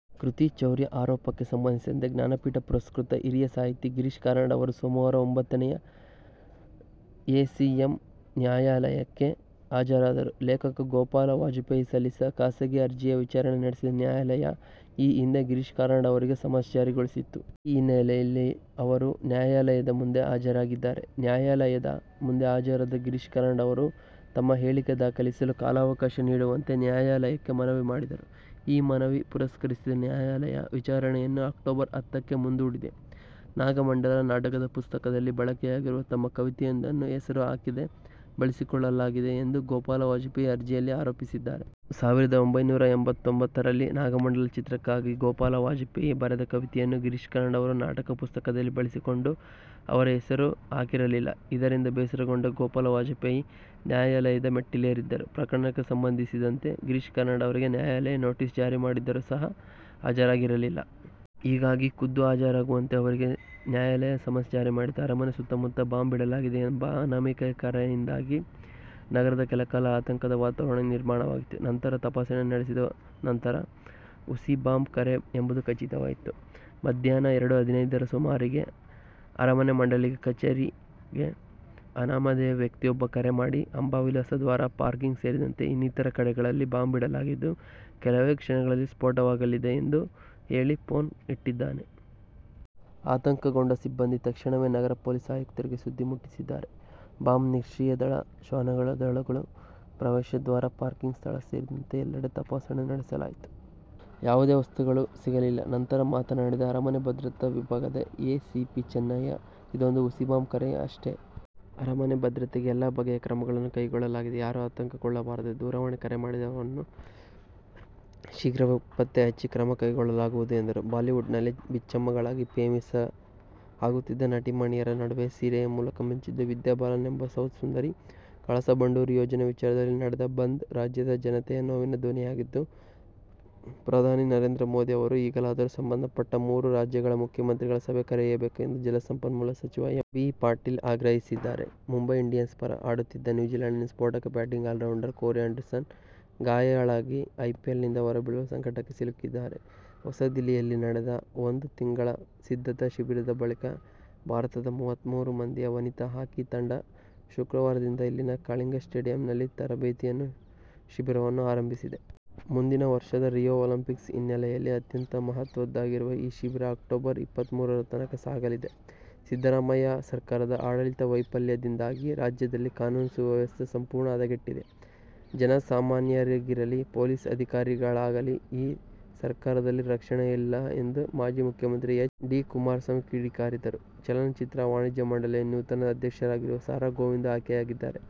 ಕೃತಿ ಚೌರ್ಯ ಆರೋಪಕ್ಕೆ ಸಂಬಂಧಿಸಿದಂತೆ ಜ್ಞಾನಪೀಠ ಪುರಸ್ಕೃತ ಹಿರಿಯ ಸಾಹಿತಿ ಗಿರೀಶ್ ಕಾರ್ನಾಡ್ ಅವರು ಸೋಮವಾರ ಒಂಬತ್ತನೇ ಎ ಸಿ ಎಂ ಎಂ ನ್ಯಾಯಾಲಯಕ್ಕೆ ಹಾಜರಾದರು. ಲೇಖಕ ಗೋಪಾಲ ವಾಜಪೇಯಿ ಸಲ್ಲಿಸಿದ ಖಾಸಗಿ ಅರ್ಜಿಯ ವಿಚಾರಣೆ ನಡೆಸಿದ್ದ ನ್ಯಾಯಾಲಯ ಈ ಹಿಂದೆ ಗಿರೀಶ್ ಕಾರ್ನಾಡ್ ಅವರಿಗೆ ಸಮನ್ಸ್ ಜಾರಿ ಗೊಳಿಸಿತ್ತು. ಈ ಹಿನ್ನೆಲೆಯಲ್ಲಿ ಅವರು ನ್ಯಾಯಾಲಯದ ಮುಂದೆ ಹಾಜರಾಗಿದ್ದಾರೆ. ನ್ಯಾಯಾಲಯದ ಮುಂದೆ ಹಾಜರಾದ ಗಿರೀಶ್ ಕಾರ್ನಾಡ್ ಅವರು ತಮ್ಮ ಹೇಳಿಕೆ ದಾಖಲಿಸಲು ಕಾಲಾವಕಾಶ ನೀಡುವಂತೆ ನ್ಯಾಯಾಲಯಕ್ಕೆ ಮನವಿ ಮಾಡಿದರು. ಈ ಮನವಿ ಪುರಸ್ಕರಿಸಿದ ನ್ಯಾಯಾಲಯ ವಿಚಾರಣೆಯನ್ನು ಅಕ್ಟೋಬರ್ ಹತ್ತ ಕ್ಕೆ ಮುಂದೂಡಿದೆ. ನಾಗಮಂಡಲ ನಾಟಕದ ಪುಸ್ತಕದಲ್ಲಿ ಬಳಕೆಯಾಗಿರುವ ತಮ್ಮ ಕವಿತೆಯೊಂದನ್ನು ಹೆಸರು ಹಾಕದೆ ಬಳಸಿಕೊಳ್ಳಲಾಗಿದೆ ಎಂದು ಗೋಪಾಲ ವಾಜಪೇಯಿ ಅರ್ಜಿಯಲ್ಲಿ ಆರೋಪಿಸಿದ್ದಾರೆ. ಸಾವಿರದ ಒಂಬೈನೂರ ಎಂಬತ್ತೊಂಬತ್ತರಲ್ಲಿ ನಾಗಮಂಡಲ ಚಿತ್ರಕ್ಕಾಗಿ ಗೋಪಾಲ ವಾಜಪೇಯಿ ಬರೆದ ಕವಿತೆಯನ್ನು ಗಿರೀಶ್ ಕಾರ್ನಾಡ್ ಅವರು ನಾಟಕ ಪುಸ್ತಕದಲ್ಲಿ ಬಳಸಿಕೊಂಡು ಅವರ ಹೆಸರು ಹಾಕಿರಲಿಲ್ಲ. ಇದರಿಂದ ಬೇಸರಗೊಂಡ ಗೋಪಾಲ ವಾಜಪೇಯಿ ನ್ಯಾಯಾಲಯದ ಮೆಟ್ಟಿಲೇರಿದ್ದರು. ಪ್ರಕರಣಕ್ಕೆ ಸಂಬಂಧಿಸಿದಂತೆ ಗಿರೀಶ್ ಕಾರ್ನಾಡ್ ಅವರಿಗೆ ನ್ಯಾಯಾಲಯ ನೊಟೀಸ್ ಜಾರಿ ಮಾಡಿದ್ದರೂ ಹಾಜರಾಗಿರಲಿಲ್ಲ. ಹೀಗಾಗಿ ಖುದ್ದು ಹಾಜರಾಗುವಂತೆ ಅವರಿಗೆ ನ್ಯಾಯಾಲಯ ಸಮನ್ಸ್ ಜಾರಿ ಮಾಡಿತ್ತು. ಅರಮನೆ ಸುತ್ತಮುತ್ತ ಬಾಂಬ್ ಇಡಲಾಗಿದೆ ಎಂಬ ಅನಾಮಿಕ ಕರೆಯಿಂದಾಗಿ ನಗರದಲ್ಲಿ ಕೆಲಕಾಲ ಆತಂಕದ ವಾತಾವರಣ ನಿರ್ಮಾಣವಾಗಿತ್ತು. ನಂತರ ತಪಾಸಣೆ ನಡೆಸಿದ ನಂತರ ಹುಸಿ ಬಾಂಬ್ ಕರೆ ಎಂಬುದು ಖಚಿತವಾಯಿತು. ಮಧ್ಯಾಹ್ನ ಎರಡು ಹದಿನೈದರ ಸುಮಾರಿಗೆ ಅರಮನೆ ಮಂಡಳಿ ಕಚೇರಿಗೆ ಅನಾಮಧೇಯ ವ್ಯಕ್ತಿಯೊಬ್ಬ ಕರೆ ಮಾಡಿ ಅಂಬಾವಿಲಾಸ ದ್ವಾರ, ಪಾರ್ಕಿಂಗ್ ಸೇರಿದಂತೆ ಇನ್ನಿತರ ಕಡೆಗಳಲ್ಲಿ ಬಾಂಬ್ ಇಡಲಾಗಿದ್ದು, ಕೆಲವೇ ಕ್ಷಣಗಳಲ್ಲಿ ಸ್ಫೋಟವಾಗಲಿದೆ ಎಂದು ಹೇಳಿ ಫೋನ್ ಇಟ್ಟಿದ್ದಾನೆ. ಆತಂಕಗೊಂಡ ಸಿಬ್ಬಂದಿ ತಕ್ಷಣವೇ ನಗರ ಪೊಲೀಸ್ ಆಯುಕ್ತರಿಗೆ ಸುದ್ದಿ ಮುಟ್ಟಿಸಿದ್ದಾರೆ. ಬಾಂಬ್ ನಿಷ್ಕ್ರಿಯ ದಳ, ಶ್ವಾನ ದಳಗಳು ಪ್ರವೇಶ ದ್ವಾರ, ಪಾರ್ಕಿಂಗ್ ಸ್ಥಳ ಸೇರಿದಂತೆ ಎಲ್ಲೆಡೆ ತಪಾಸಣೆ ನಡೆಸಲಾಯಿತು. ಯಾವುದೇ ವಸ್ತುಗಳು ಸಿಗಲಿಲ್ಲ. ನಂತರ ಮಾತನಾಡಿದ ಅರಮನೆ ಭದ್ರತಾ ವಿಭಾಗದ ಎ ಸಿ ಪಿ ಚನ್ನಯ್ಯ, ಇದೊಂದು ಹುಸಿ ಬಾಂಬ್ ಕರೆ ಅಷ್ಟೆ. ಅರಮನೆ ಭದ್ರತೆಗೆ ಎಲ್ಲ ಬಗೆಯ ಕ್ರಮಗಳನ್ನು ಕೈಗೊಳ್ಳಲಾಗಿದೆ. ಯಾರು ಆತಂಕಗೊಳ್ಳಬಾರದು. ದೂರವಾಣಿ ಕರೆ ಮಾಡಿದವರನ್ನು ಶೀಘ್ರವೇ ಪತ್ತೆ ಹಚ್ಚಿ ಕ್ರಮ ಕೈಗೊಳ್ಳಲಾಗುವುದು ಎಂದರು. ಬಾಲಿವುಡ್'ನಲ್ಲಿ ಬಿಚ್ಚಮ್ಮಗಳಾಗಿ ಫೇಮಸ್ ಆಗುತ್ತಿದ್ದ ನಟಿಮಣಿಯರ ನಡುವೆ ಸೀರೆಯ ಮೂಲಕ ಮಿಂಚಿದ್ದು ವಿದ್ಯಾ ಬಾಲನ್ ಎಂಬ ಸೌತ್ ಸುಂದರಿ. ಕಳಸಾ-ಬಂಡೂರಿ ಯೋಜನೆ ವಿಚಾರದಲ್ಲಿ ನಡೆದ ಬಂದ್ ರಾಜ್ಯದ ಜನತೆಯ ನೋವಿನ ಧ್ವನಿಯಾಗಿದ್ದು, ಪ್ರಧಾನಿ ನರೇಂದ್ರ ಮೋದಿ ಅವರು ಈಗಲಾದರೂ ಸಂಬಂಧಪಟ್ಟ ಮೂರೂ ರಾಜ್ಯಗಳ ಮುಖ್ಯಮಂತ್ರಿಗಳ ಸಭೆ ಕರೆಯಬೇಕು ಎಂದು ಜಲಸಂಪನ್ಮೂಲ ಸಚಿವ ಎಂ. ಬಿ. ಪಾಟೀಲ್ ಆಗ್ರಹಿಸಿದ್ದಾರೆ. ಮುಂಬೈ ಇಂಡಿಯನ್ಸ್ ಪರ ಆಡುತ್ತಿದ್ದ ನ್ಯೂಜಿಲ್ಯಾಂಡಿನ ಸ್ಫೋಟಕ ಬ್ಯಾಟಿಂಗ್ ಆಲ್ರೌಂಡರ್ ಕೋರಿ ಆ್ಯಂಡರ್ಸನ್ ಗಾಯಾಳಾಗಿ ಐ ಪಿ ಎಲ್ ನಿಂದ ಹೊರಬೀಳುವ ಸಂಕಟಕ್ಕೆ ಸಿಲುಕಿದ್ದಾರೆ. ಹೊಸದಿಲ್ಲಿಯಲ್ಲಿ ನಡೆದ ಒಂದು ತಿಂಗಳ ಸಿದ್ಧತಾ ಶಿಬಿರದ ಬಳಿಕ ಭಾರತದ ಮೂವತ್ಮೂರು ಮಂದಿಯ ವನಿತಾ ಹಾಕಿ ತಂಡ ಶುಕ್ರವಾರದಿಂದ ಇಲ್ಲಿನ "ಕಳಿಂಗಾ ಸ್ಟೇಡಿಯಂ'ನಲ್ಲಿ ತರಬೇತಿ ಶಿಬಿರವನ್ನು ಆರಂಭಿಸಿದೆ. ಮುಂದಿನ ವರ್ಷದ ರಿಯೋ ಒಲಿಂಪಿಕ್ಸ್ ಹಿನ್ನೆಲೆಯಲ್ಲಿ ಅತ್ಯಂತ ಮಹತ್ವದ್ದಾಗಿರುವ ಈ ಶಿಬಿರ ಅಕ್ಟೋಬರ್ ಇಪ್ಪತ್ಮೂರರ ತನಕ ಸಾಗಲಿದೆ. ಸಿದ್ದರಾಮಯ್ಯ ಸರ್ಕಾರದ ಆಡಳಿತ ವೈಫಲ್ಯದಿಂದಾಗಿ ರಾಜ್ಯದಲ್ಲಿ ಕಾನೂನು ಸುವ್ಯವಸ್ಥೆ ಸಂಪೂರ್ಣ ಹದಗೆಟ್ಟಿದೆ, ಜನ ಸಾಮಾನ್ಯರಿಗಿರಲಿ ಪೊಲೀಸ್ ಅಧಿಕಾರಿಗಳಿಗೇ ಈ ಸರ್ಕಾರದಲ್ಲಿ ರಕ್ಷಣೆ ಇಲ್ಲ ಎಂದು ಮಾಜಿ ಮುಖ್ಯಮಂತ್ರಿ ಎಚ್. ಡಿ. ಕುಮಾರಸ್ವಾಮಿ ಕಿಡಿಕಾರಿದರು. ಚಲನಚಿತ್ರ ವಾಣಿಜ್ಯ ಮಂಡಳಿಯ ನೂತನ ಅಧ್ಯಕ್ಷರಾಗಿ ಸಾ. ರಾ ಗೋವಿಂದು ಆಯ್ಕೆಯಾಗಿದ್ದಾರೆ.